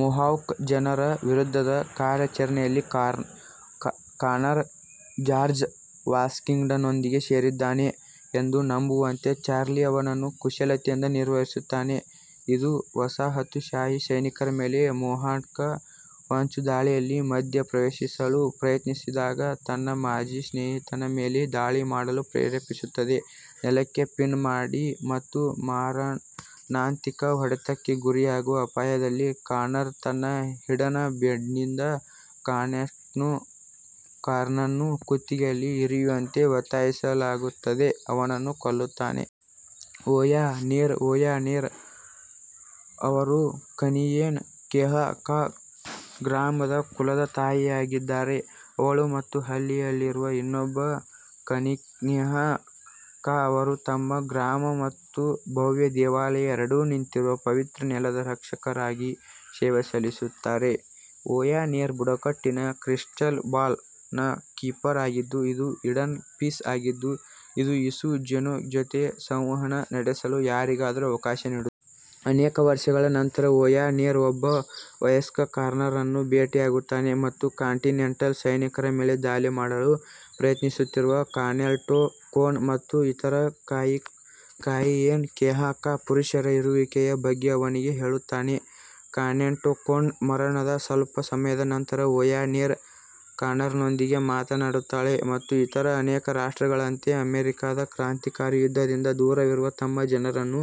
Mohawk ಜನರ ವಿರುದ್ಧದ ಕಾರ್ಯಾಚರಣೆಯಲ್ಲಿ ಕಾನರ್ ಜಾರ್ಜ್ ವಾಷಿಂಗ್ಟನ್ನೊಂದಿಗೆ ಸೇರಿದ್ದಾನೆ ಎಂದು ನಂಬುವಂತೆ ಚಾರ್ಲ್ಸ್ ಲೀ ಅವನನ್ನು ಕುಶಲತೆಯಿಂದ ನಿರ್ವಹಿಸುತ್ತಾನೆ, ಇದು ವಸಾಹತುಶಾಹಿ ಸೈನಿಕರ ಮೇಲೆ ಮೊಹಾವ್ಕ್ ಹೊಂಚುದಾಳಿಯಲ್ಲಿ ಮಧ್ಯಪ್ರವೇಶಿಸಲು ಪ್ರಯತ್ನಿಸಿದಾಗ ತನ್ನ ಮಾಜಿ ಸ್ನೇಹಿತನ ಮೇಲೆ ದಾಳಿ ಮಾಡಲು ಪ್ರೇರೇಪಿಸುತ್ತದೆ. ನೆಲಕ್ಕೆ ಪಿನ್ ಮಾಡಿ ಮತ್ತು ಮಾರಣಾಂತಿಕ ಹೊಡೆತಕ್ಕೆ ಗುರಿಯಾಗುವ ಅಪಾಯದಲ್ಲಿ, ಕಾನರ್ ತನ್ನ ಹಿಡನ್ ಬ್ಲೇಡ್ನಿಂದ ಕಾನೆನ್ಟೋ ಕಾನ್ರನ್ನು ಕುತ್ತಿಗೆಯಲ್ಲಿ ಇರಿಯುವಂತೆ ಒತ್ತಾಯಿಸಲಾಗುತ್ತದೆ, ಅವನನ್ನು ಕೊಲ್ಲುತ್ತಾನೆ. ಓಯಾ ನೆರ್ ಓಯಾ ನೆರ್ ಅವರು ಕನಿಯೆನ್ ಕೆಹಾಃ ಕಾ ಗ್ರಾಮದ ಕುಲದ ತಾಯಿಯಾಗಿದ್ದಾರೆ. ಅವಳು ಮತ್ತು ಹಳ್ಳಿಯಲ್ಲಿರುವ ಇನ್ನೊಬ್ಬ ಕನಿನ್ಖೇಹಾಃ ಕಾ ಅವರು ತಮ್ಮ ಗ್ರಾಮ ಮತ್ತು ಭವ್ಯ ದೇವಾಲಯ ಎರಡೂ ನಿಂತಿರುವ ಪವಿತ್ರ ನೆಲದ ರಕ್ಷಕರಾಗಿ ಸೇವೆ ಸಲ್ಲಿಸುತ್ತಾರೆ. ಓಯಾ ನೆರ್ ಬುಡಕಟ್ಟಿನ "ಕ್ರಿಸ್ಟಲ್ ಬಾಲ್" ನ ಕೀಪರ್ ಆಗಿದ್ದು, ಇದು ಈಡನ್ ಪೀಸ್ ಆಗಿದ್ದು, ಇದು ಇಸು ಜುನೋ ಜೊತೆ ಸಂವಹನ ನಡೆಸಲು ಯಾರಿಗಾದರೂ ಅವಕಾಶ ನೀಡುತ್ತದೆ. ಅನೇಕ ವರ್ಷಗಳ ನಂತರ, ಓಯಾ ನೆರ್ ಒಬ್ಬ ವಯಸ್ಕ ಕಾನರ್ನನ್ನು ಭೇಟಿಯಾಗುತ್ತಾನೆ ಮತ್ತು ಕಾಂಟಿನೆಂಟಲ್ ಸೈನಿಕರ ಮೇಲೆ ದಾಳಿ ಮಾಡಲು ಪ್ರಯತ್ನಿಸುತ್ತಿರುವ ಕಾನೆನ್ಟೋ ಕೋನ್ ಮತ್ತು ಇತರ ಕಾನಿಯೆನ್ ಕೆಹಾಃ ಕಾ ಪುರುಷರ ಇರುವಿಕೆಯ ಬಗ್ಗೆ ಅವನಿಗೆ ಹೇಳುತ್ತಾನೆ. ಕಾನೆಂಟೋ ಕೋನ್ನ ಮರಣದ ಸ್ವಲ್ಪ ಸಮಯದ ನಂತರ, ಓಯಾ ನೆರ್ ಕಾನರ್ನೊಂದಿಗೆ ಮಾತನಾಡುತ್ತಾಳೆ ಮತ್ತು ಇತರ ಅನೇಕ ರಾಷ್ಟ್ರಗಳಂತೆ, ಅಮೆರಿಕಾದ ಕ್ರಾಂತಿಕಾರಿ ಯುದ್ಧದಿಂದ ದೂರವಿರುವ ತಮ್ಮ ಜನರನ್ನು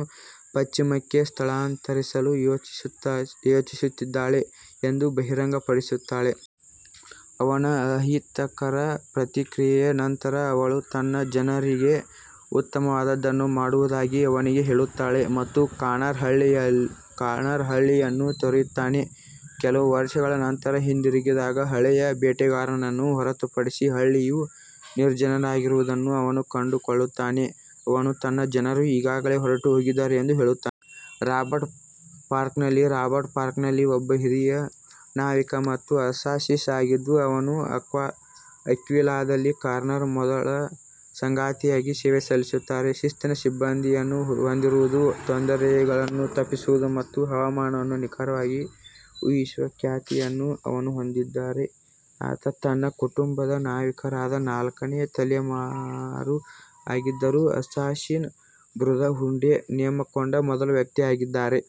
ಪಶ್ಚಿಮಕ್ಕೆ ಸ್ಥಳಾಂತರಿಸಲು ಯೋಜಿಸುತ್ತಿದ್ದಾಳೆ ಎಂದು ಬಹಿರಂಗಪಡಿಸುತ್ತಾಳೆ. ಅವನ ಅಹಿತಕರ ಪ್ರತಿಕ್ರಿಯೆಯ ನಂತರ, ಅವಳು ತನ್ನ ಜನರಿಗೆ ಉತ್ತಮವಾದದ್ದನ್ನು ಮಾಡುವುದಾಗಿ ಅವನಿಗೆ ಹೇಳುತ್ತಾಳೆ ಮತ್ತು ಕಾನರ್ ಹಳ್ಳಿಯನ್ನು ತೊರೆಯುತ್ತಾನೆ. ಕೆಲವು ವರ್ಷಗಳ ನಂತರ ಹಿಂದಿರುಗಿದಾಗ, ಹಳೆಯ ಬೇಟೆಗಾರನನ್ನು ಹೊರತುಪಡಿಸಿ ಹಳ್ಳಿಯು ನಿರ್ಜನವಾಗಿರುವುದನ್ನು ಅವನು ಕಂಡುಕೊಳ್ಳುತ್ತಾನೆ, ಅವನು ತನ್ನ ಜನರು ಈಗಾಗಲೇ ಹೊರಟುಹೋಗಿದ್ದಾರೆ ಎಂದು ಹೇಳುತ್ತಾನೆ. ರಾಬರ್ಟ್ ಫಾಕ್ನರ್ ರಾಬರ್ಟ್ ಫಾಕ್ನರ್ ಒಬ್ಬ ಹಿರಿಯ ನಾವಿಕ ಮತ್ತು ಅಸ್ಸಾಸಿನ್ ಆಗಿದ್ದು, ಅವರು ಅಕ್ವಿಲಾದಲ್ಲಿ ಕಾನರ್ನ ಮೊದಲ ಸಂಗಾತಿಯಾಗಿ ಸೇವೆ ಸಲ್ಲಿಸುತ್ತಾರೆ. ಶಿಸ್ತಿನ ಸಿಬ್ಬಂದಿಯನ್ನು ಹೊಂದಿರುವುದು, ತೊಂದರೆಗಳನ್ನು ತಪ್ಪಿಸುವುದು ಮತ್ತು ಹವಾಮಾನವನ್ನು ನಿಖರವಾಗಿ ಊಹಿಸುವ ಖ್ಯಾತಿಯನ್ನು ಅವರು ಹೊಂದಿದ್ದಾರೆ. ಆತ ತನ್ನ ಕುಟುಂಬದಲ್ಲಿ ನಾವಿಕರಾದ ನಾಲ್ಕನೇ ತಲೆಮಾರಾಗಿದ್ದರೂ, ಅಸ್ಸಾಸಿನ್ ಬ್ರದರ್ಹುಡ್ಗೆ ನೇಮಕಗೊಂಡ ಮೊದಲ ವ್ಯಕ್ತಿಯಾಗಿದ್ದಾರೆ.